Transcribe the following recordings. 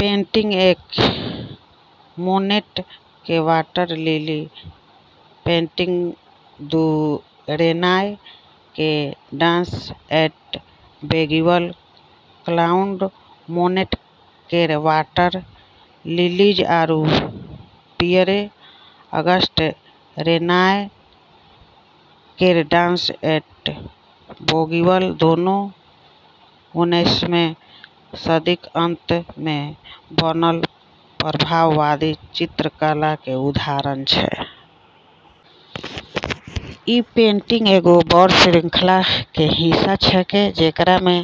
Painting एक: Monet के "water lily" painting दू: रेनॉय के "dance eight Bougival" Claude Monet केर "वाटर लिलीज" आरू पियरे-अगस्ट रेनॉय केर "डांस एट बौगिवल" दोनों उन्नैसम सदीक अंत मे बनल प्रभाववादी चित्रकला के उदाहरण छै। ई पेंटिंग एगो बड़ श्रृंखला के हिस्सा छेकै, जेकरा मे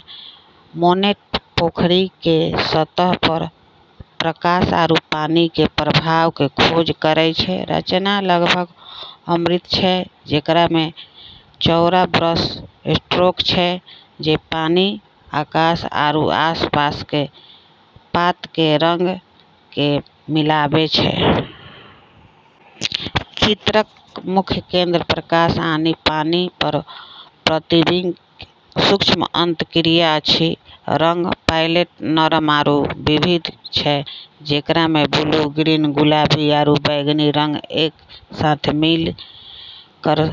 मोनेट पोखरी के सतह पर प्रकाश आरू पानी के प्रभाव के खोज करै छै। रचना लगभग अमूर्त छै, जेकरा मे चौड़ा ब्रश स्ट्रोक छै जे पानी, आकाश आरू आसपास के पात के रंग के मिलाबै छै। चित्रक मुख्य केंद्र प्रकाश आ पानि पर प्रतिबिंबक सूक्ष्म अंतःक्रिया अछि। रंग पैलेट नरम आरू विविध छै, जेकरा मे ब्लू, ग्रीन, गुलाबी आरू बैंगनी रंग एक साथ मिल कऽ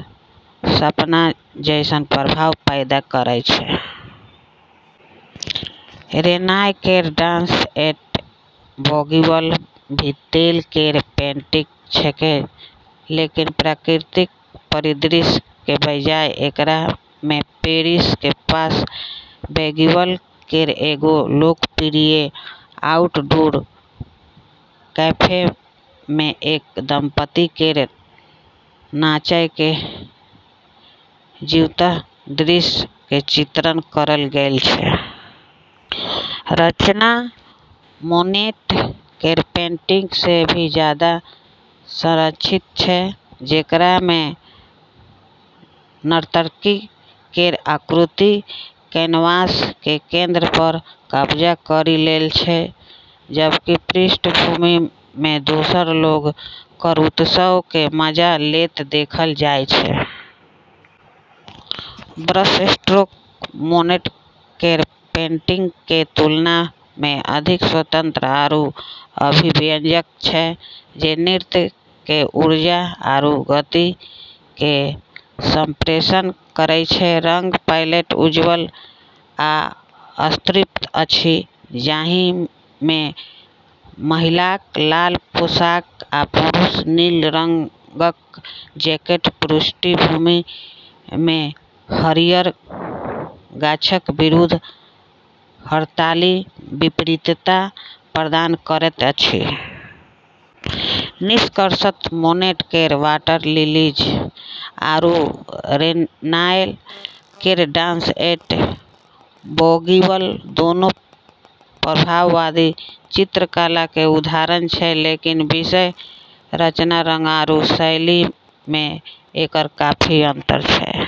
सपना जैसन प्रभाव पैदा करै छै। रेनॉय केर "डांस एट बौगिवल" भी तेल केर पेंटिंग छेकै, लेकिन प्राकृतिक परिदृश्य के बजाय, एकरा मे पेरिस के पास बौगिवल केर एगो लोकप्रिय आउटडोर कैफे मे एक दंपति केर नाचय के जीवंत दृश्य के चित्रण करल गेल छै। रचना मोनेट केर पेंटिंग सँ भी जादा संरचित छै, जेकरा मे नर्तकी केर आकृति कैनवास के केंद्र पर कब्जा करी लेल छै, जबकि पृष्ठभूमि मे दोसर लोग कऽ उत्सव के मजा लेत देखल जाय छै। ब्रशस्ट्रोक मोनेट केर पेंटिंग के तुलना मे अधिक स्वतंत्र आरू अभिव्यंजक छै, जे नृत्य के ऊर्जा आरू गति के संप्रेषण करै छै। रंग पैलेट उज्ज्वल आ संतृप्त अछि, जाहि मे महिलाक लाल पोशाक आ पुरुषक नील रंगक जैकेट पृष्ठभूमि मे हरियर गाछक विरुद्ध हड़ताली विपरीतता प्रदान करैत अछि। निष्कर्षतः मोनेट केर "वाटर लिलीज" आरू रेनॉय केर "डांस एट बौगिवल" दोनों प्रभाववादी चित्रकला के उदाहरण छै, लेकिन विषय, रचना, रंग आरू शैली में एकर काफी अंतर छै।